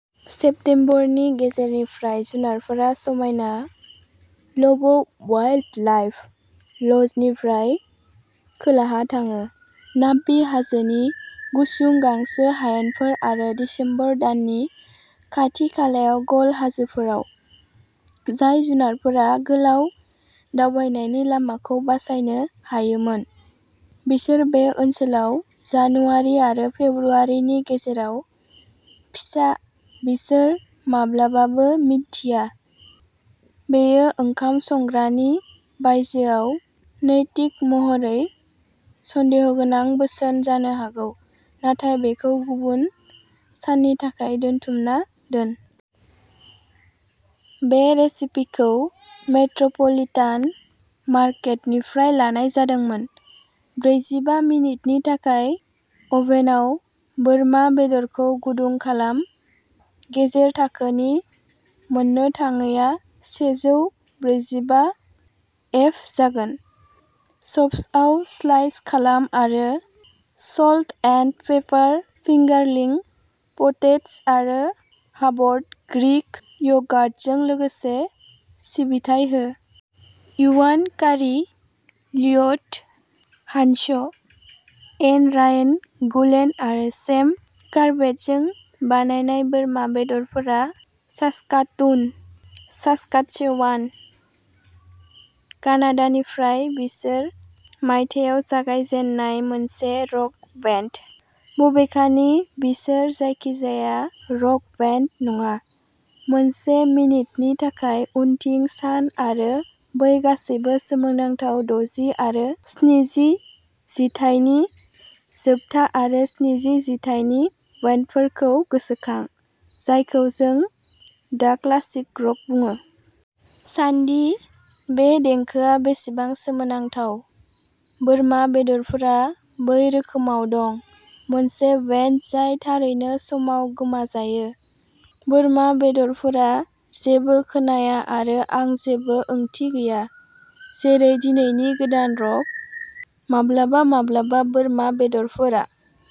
सेप्टेम्बरनि गेजेरनिफ्राय जुनारफोरा समायना लब'वाइल्डलाइफ ल'जनिफ्राय खोलाहा थाङो, नाब्बी हाजोनि गुसुं गांसो हायेनफोर आरो दिसेम्बर दाननि खाथि-खालायाव गल हाजोफोराव। जाय जुनारफोरा गोलाव दावबायनायनि लामाखौ बासायनो हायोमोन, बिसोर बे ओनसोलाव जानुवारि आरो फेब्रुआरिनि गेजेराव फिसा बिसोर माब्लाबाबो मिन्थिया, बेयो ओंखाम संग्रानि बायजोआव नैतिक महरै सन्देहगोनां बोसोन जानो हागौ नाथाय बेखौ गुबुन साननि थाखाय दोनथुमना दोन। बे रेसिपिखौ मेट्र'पलिटान मार्केटनिफ्राय लानाय जादोंमोन। ब्रैजिबा मिनिटनि थाखाय अभेनआव बोरमा बेदरखौ गुदुं खालाम, गेजेर थाखोनि मोननो थाङैआ सेजौ ब्रैजिबा एफ जागोन। चप्सआव स्लाइस खालाम आरो salt and pepper fingerling potatoes आरो हार्बड ग्रीक य'गार्टजों लोगोसे सिबिथाय हो। इवान कारि, लिय'ट हानस', एन रायन गुलेन आरो सेम कर्बेटजों बानायनाय बोरमा बेदरफोरा सास्काटुन, सास्काटचेवान, कानाडानिफ्राय बिसोर मायथाइयाव जागायजेन्नाय मोनसे रक बेन्ड। बबेखानि बिसोर जायखिजाया रक बेन्ड नङा। मोनसे मिनिटनि थाखाय उनथिं सान आरो बै गासैबो सोमोनांथाव दजि आरो स्निजि जिथाइनि जोबथा आरो स्निजि जिथाइनि बेन्डफोरखौ गोसोखां, जायखौ जों दा क्लासिक रक बुङो। सानदि बे देंखोआ बेसेबां सोमोनांथाव। बोरमा बेदरफोरा बै रोखोमाव दं। मोनसे बेन्ड जाय थारैनो समाव गोमाजायो, बोरमा बेदरफोरा जेबो खोनाया आरो आं जेबो ओंथि गैया, जेरै दिनैनि गोदान रक। माब्लाबा-माब्लाबा बोरमा बेदरफोरा।